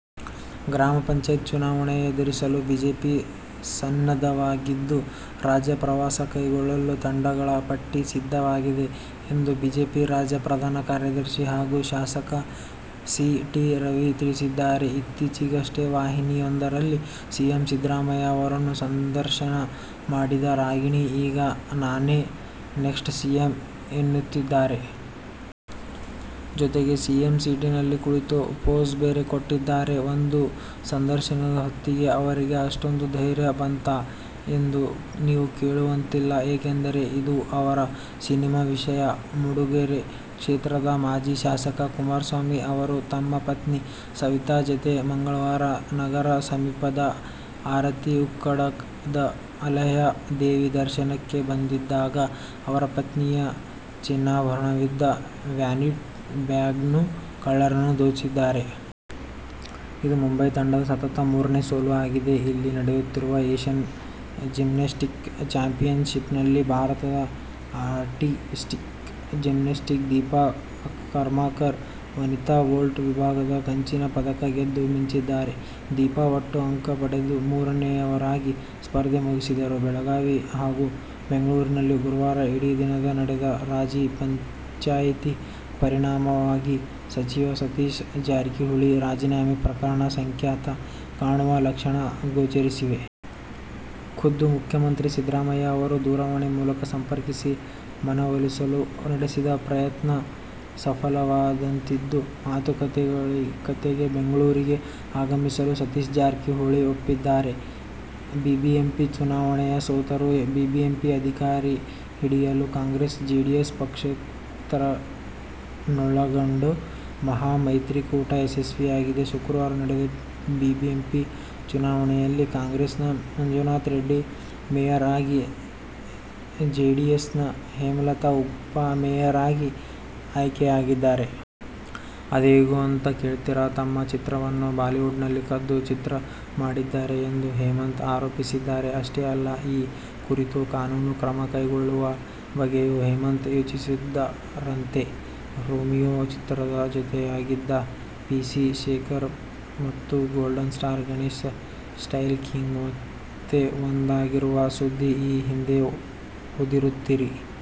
ಗ್ರಾಮ ಪಂಚಾಯಿತಿ ಚುನಾವಣೆ ಎದುರಿಸಲು ಬಿಜೆಪಿ ಸನ್ನದ್ಧವಾಗಿದ್ದು, ರಾಜ್ಯ ಪ್ರವಾಸ ಕೈಗೊಳ್ಳಲು ತಂಡಗಳ ಪಟ್ಟಿ ಸಿದ್ಧವಾಗಿದೆ ಎಂದು ಬಿಜೆಪಿ ರಾಜ್ಯ ಪ್ರಧಾನ ಕಾರ್ಯದರ್ಶಿ ಹಾಗೂ ಶಾಸಕ ಸಿ. ಟಿ. ರವಿ ತಿಳಿಸಿದ್ದಾರೆ. ಇತ್ತೀಚೆಗಷ್ಟೇ ವಾಹಿನಿಯೊಂದರಲ್ಲಿ ಸಿಎಂ ಸಿದ್ಧರಾಮಯ್ಯ ಅವರನ್ನು ಸಂದರ್ಶನ ಮಾಡಿದ ರಾಗಿಣಿ ಈಗ "ನಾನೇ ನೆಕ್ಸ್ಟ್ ಸಿಎಂ' ಎನ್ನುತ್ತಿದ್ದಾರೆ. ಜೊತೆಗೆ ಸಿಎಂ ಸೀಟಿನಲ್ಲಿ ಕುಳಿತು ಫೋಸ್ ಬೇರೆ ಕೊಟ್ಟಿದ್ದಾರೆ! ಒಂದು ಸಂದರ್ಶನದ ಹೊತ್ತಿಗೇ ಅವರಿಗೆ ಅಷ್ಟೊಂದು ಧೈರ್ಯ ಬಂತಾ ಎಂದು ನೀವು ಕೇಳುವಂತಿಲ್ಲ. ಏಕೆಂದರೆ, ಇದು ಅವರ ಸಿನಿಮಾ ವಿಷಯ. ಮೂಡಿಗೆರೆ ಕ್ಷೇತ್ರದ ಮಾಜಿ ಶಾಸಕ ಕುಮಾರಸ್ವಾಮಿ ಅವರು ತಮ್ಮ ಪತ್ನಿ ಸವಿತಾ ಜತೆ ಮಂಗಳವಾರ ನಗರ ಸಮೀಪದ ಆರತಿ ಉಕ್ಕಡದ ಅಲಹ್ಯ ದೇವಿ ದರ್ಶನಕ್ಕೆ ಬಂದಿದ್ದಾಗ ಅವರ ಪತ್ನಿಯ ಚಿನ್ನಾಭರಣವಿದ್ದ ವ್ಯಾನಿಟಿ ಬ್ಯಾಗ್ನ್ನು ಕಳ್ಳರು ದೋಚಿದ್ದಾರೆ. ಇದು ಮುಂಬೈ ತಂಡದ ಸತತ ಮೂರನೇ ಸೋಲು ಆಗಿದೆ. ಇಲ್ಲಿ ನಡೆಯುತ್ತಿರುವ ಏಶ್ಯನ್ ಜಿಮ್ನಾಸ್ಟಿಕ್ ಚಾಂಪಿಯನ್ಶಿಪ್ನಲ್ಲಿ ಭಾರತದ ಆರ್ಟಿಸ್ಟಿಕ್ ಜಿಮ್ನಾಸ್ಟ್ ದೀಪಾ ಕರ್ಮಾಕರ್ ವನಿತಾ ವೋಲ್ಟ್ ವಿಭಾಗದಲ್ಲಿ ಕಂಚಿನ ಪದಕ ಗೆದ್ದು ಮಿಂಚಿದ್ದಾರೆ. ದೀಪಾ ಒಟ್ಟು ಅಂಕ ಪಡೆದು ಮೂರನೆಯವರಾಗಿ ಸ್ಪರ್ಧೆ ಮುಗಿಸಿದರು. ಬೆಳಗಾವಿ ಹಾಗೂ ಬೆಂಗಳೂರಿನಲ್ಲಿ ಗುರುವಾರ ಇಡೀ ದಿನ ನಡೆದ ರಾಜಿ-ಪಂಚಾಯ್ತಿಯ ಪರಿಣಾಮವಾಗಿ ಸಚಿವ ಸತೀಶ್ ಜಾರಕಿಹೊಳಿ ರಾಜೀನಾಮೆ ಪ್ರಕರಣ ಸುಖಾಂತ್ಯ ಕಾಣುವ ಲಕ್ಷಣ ಗೋಚರಿಸಿವೆ. ಖುದ್ದು ಮುಖ್ಯಮಂತ್ರಿ ಸಿದ್ದರಾಮಯ್ಯ ಅವರು ದೂರವಾಣಿ ಮೂಲಕ ಸಂಪರ್ಕಿಸಿ ಮನವೊಲಿಸಲು ನಡೆಸಿದ ಪ್ರಯತ್ನ ಸಫಲವಾದಂತಿದ್ದು, ಮಾತುಕತೆಗೆ ಬೆಂಗಳೂರಿಗೆ ಆಗಮಿಸಲು ಸತೀಶ್ ಜಾರಕಿಹೊಳಿ ಒಪ್ಪಿದ್ದಾರೆ. ಬಿಬಿಎಂಪಿ ಚುನಾವಣೆಯಲ್ಲಿ ಸೋತರೂ ಬಿಬಿಎಂಪಿ ಅಧಿಕಾರ ಹಿಡಿಯಲು ಕಾಂಗ್ರೆಸ್-ಜೆಡಿಎಸ್-ಪಕ್ಷೇತರರನ್ನೊಳಗೊಂಡ ಮಹಾ ಮೈತ್ರಿಕೂಟ ಯಶಸ್ವಿಯಾಗಿದೆ. ಶುಕ್ರವಾರ ನಡೆದ ಬಿಬಿಎಂಪಿ ಚುನಾ ವಣೆಯಲ್ಲಿ ಕಾಂಗ್ರೆಸ್ನ ಮಂಜುನಾಥ ರೆಡ್ಡಿ ಮೇಯರ್ ಆಗಿ, ಜೆಡಿಎಸ್ನ ಹೇಮಲತಾ ಉಪಮೇಯರ್ ಆಗಿ ಆಯ್ಕೆಯಾಗಿದ್ದಾರೆ. ಅದ್ಹೇಗೆ ಅಂತ ಕೇಳ್ತೀರಾ? ತಮ್ಮ ಚಿತ್ರವನ್ನು ಬಾಲಿವುಡ್ನವರು ಕದ್ದು ಚಿತ್ರ ಮಾಡಿದ್ದಾರೆ ಎಂದು ಹೇಮಂತ್ ಆರೋಪಿಸಿದ್ದಾರೆ. ಅಷ್ಟೇ ಅಲ್ಲ, ಈ ಕುರಿತು ಕಾನೂನು ಕ್ರಮ ತೆಗೆದುಕೊಳ್ಳುವ ಬಗ್ಗೆಯೂ ಹೇಮಂತ್ ಯೋಚಿಸುತ್ತಿದ್ದಾರಂತೆ. ರೋಮಿಯೊ ಚಿತ್ರದಲ್ಲಿ ಜೊತೆಯಾಗಿದ್ದ ಪಿ. ಸಿ ಶೇಖರ್ ಮತ್ತು golden star Ganesh 'style king' ಮತ್ತೆ ಒಂದಾಗಿರುವ ಸುದ್ದಿ ಈ ಹಿಂದೆಯೇ ಓದಿರುತ್ತೀರಿ.